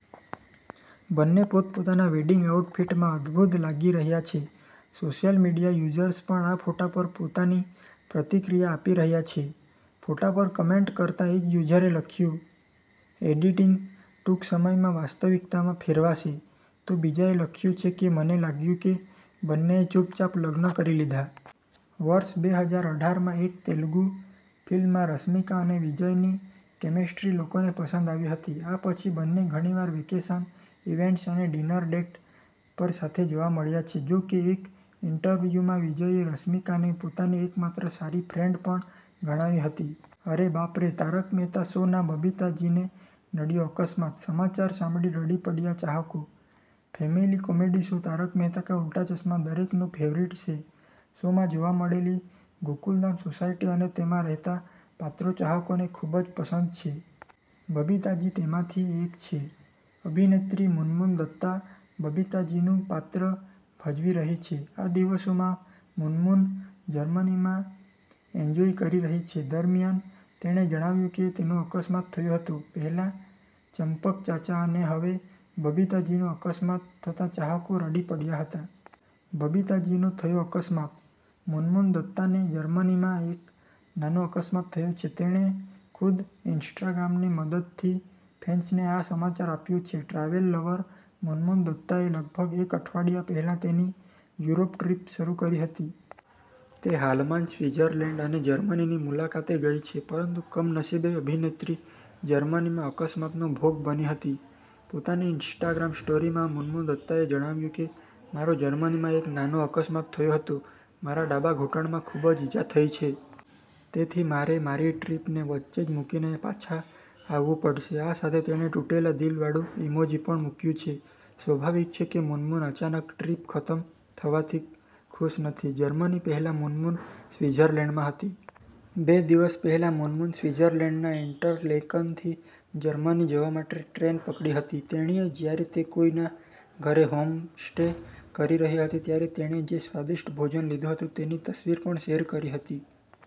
બંને પોતપોતાના વેડિંગ આઉટફિટમાં અદભૂત લાગી રહ્યા છે. સોશિયલ મીડિયા યુઝર્સ પણ આ ફોટા પર પોતાની પ્રતિક્રિયા આપી રહ્યા છે. ફોટા પર કોમેન્ટ કરતાં એક યુઝરે લખ્યું, 'એડિટિંગ ટૂંક સમયમાં વાસ્તવિકતામાં ફેરવાશે'. તો બીજાએ લખ્યું છે કે, 'મને લાગ્યું કે બંનેએ ચૂપચાપ લગ્ન કરી લીધા'. વર્ષ બે હજાર અઠાર માં એક તેલુગુ ફિલ્મમાં રશ્મિકા અને વિજયની કેમેસ્ટ્રી લોકોને પસંદ આવી હતી. આ પછી બંને ઘણીવાર વેકેશન, ઈવેન્ટ્સ અને ડિનર ડેટ પર સાથે જોવા મળ્યા છે. જો કે એક ઈન્ટરવ્યુમાં વિજયે રશ્મિકાને પોતાની એકમાત્ર સારી ફ્રેન્ડ પણ ગણાવી હતી. અરે બાપ રે! 'તારક મહેતા' શો ના બબીતાજીને નડ્યો અકસ્માત, સમાચાર સાંભળી રડી પડ્યા ચાહકો. Family comedy show 'Taarak Mehta Ka Ooltah ચશ્મા' દરેકનો ફેવરિટ છે. શોમાં જોવા મળેલી ગોકુલધામ સોસાયટી અને તેમાં રહેતા પાત્રો ચાહકોને ખૂબ જ પસંદ છે. બબીતાજી તેમાંથી એક છે. અભિનેત્રી મુનમુન દત્તા બબીતા જીનું પાત્ર ભજવી રહી છે. આ દિવસોમાં મુનમુન જર્મનીમાં એન્જોય કરી રહી છે. દરમિયાન, તેણે જણાવ્યું કે તેનો અકસ્માત થયો હતો. પહેલા ચંપકચાચા ને હવે બબીતાજીનું અકસ્માત થતા ચાહકો રડી પડ્યા હતા. બબીતાજીનો થયો અકસ્માત: મુનમુન દત્તાને જર્મનીમાં એક નાનો અકસ્માત થયો છે. તેણે ખુદ ઈન્સ્ટાગ્રામની મદદથી ફેન્સને આ સમાચાર આપ્યા છે. ટ્રાવેલ લવર મુનમુન દત્તાએ લગભગ એક અઠવાડિયા પહેલા તેની યુરોપ ટ્રીપ શરૂ કરી હતી. તે હાલમાં જ સ્વિટ્ઝર્લેન્ડ અને જર્મનીની મુલાકાતે ગઈ છે. પરંતુ કમનસીબે અભિનેત્રી જર્મનીમાં અકસ્માતનો ભોગ બની હતી. પોતાની ઈન્સ્ટાગ્રામ સ્ટોરીમાં મુનમુન દત્તાએ જણાવ્યું કે, 'મારો જર્મનીમાં એક નાનો અકસ્માત થયો હતો. મારા ડાબા ઘૂંટણમાં ખૂબ જ ઈજા થઇ છે. તેથી મારે મારી ટ્રીપને વચ્ચે જ મુકીને ઘરે પાછા આવવું પડશે. આ સાથે તેણે તૂટેલા દિલ વાળું ઈમોજી પણ મુક્યું છે. સ્વાભાવિક છે કે મુનમુન અચાનક ટ્રીપ ખતમ થવાથી ખુશ નથી. જર્મની પહેલા મુનમુન સ્વિટ્ઝર્લેન્ડમાં હતી. બે દિવસ પહેલા મુનમુન સ્વિટ્ઝર્લેન્ડના ઈન્ટરલેકનથી જર્મની જવા માટે ટ્રેન પકડી હતી. તેણીએ જ્યારે તે કોઈના ઘરે હોમસ્ટે કરી રહી હતી ત્યારે તેણે જે સ્વાદિષ્ટ ભોજન લીધું હતું તેની તસવીર પણ શેર કરી હતી.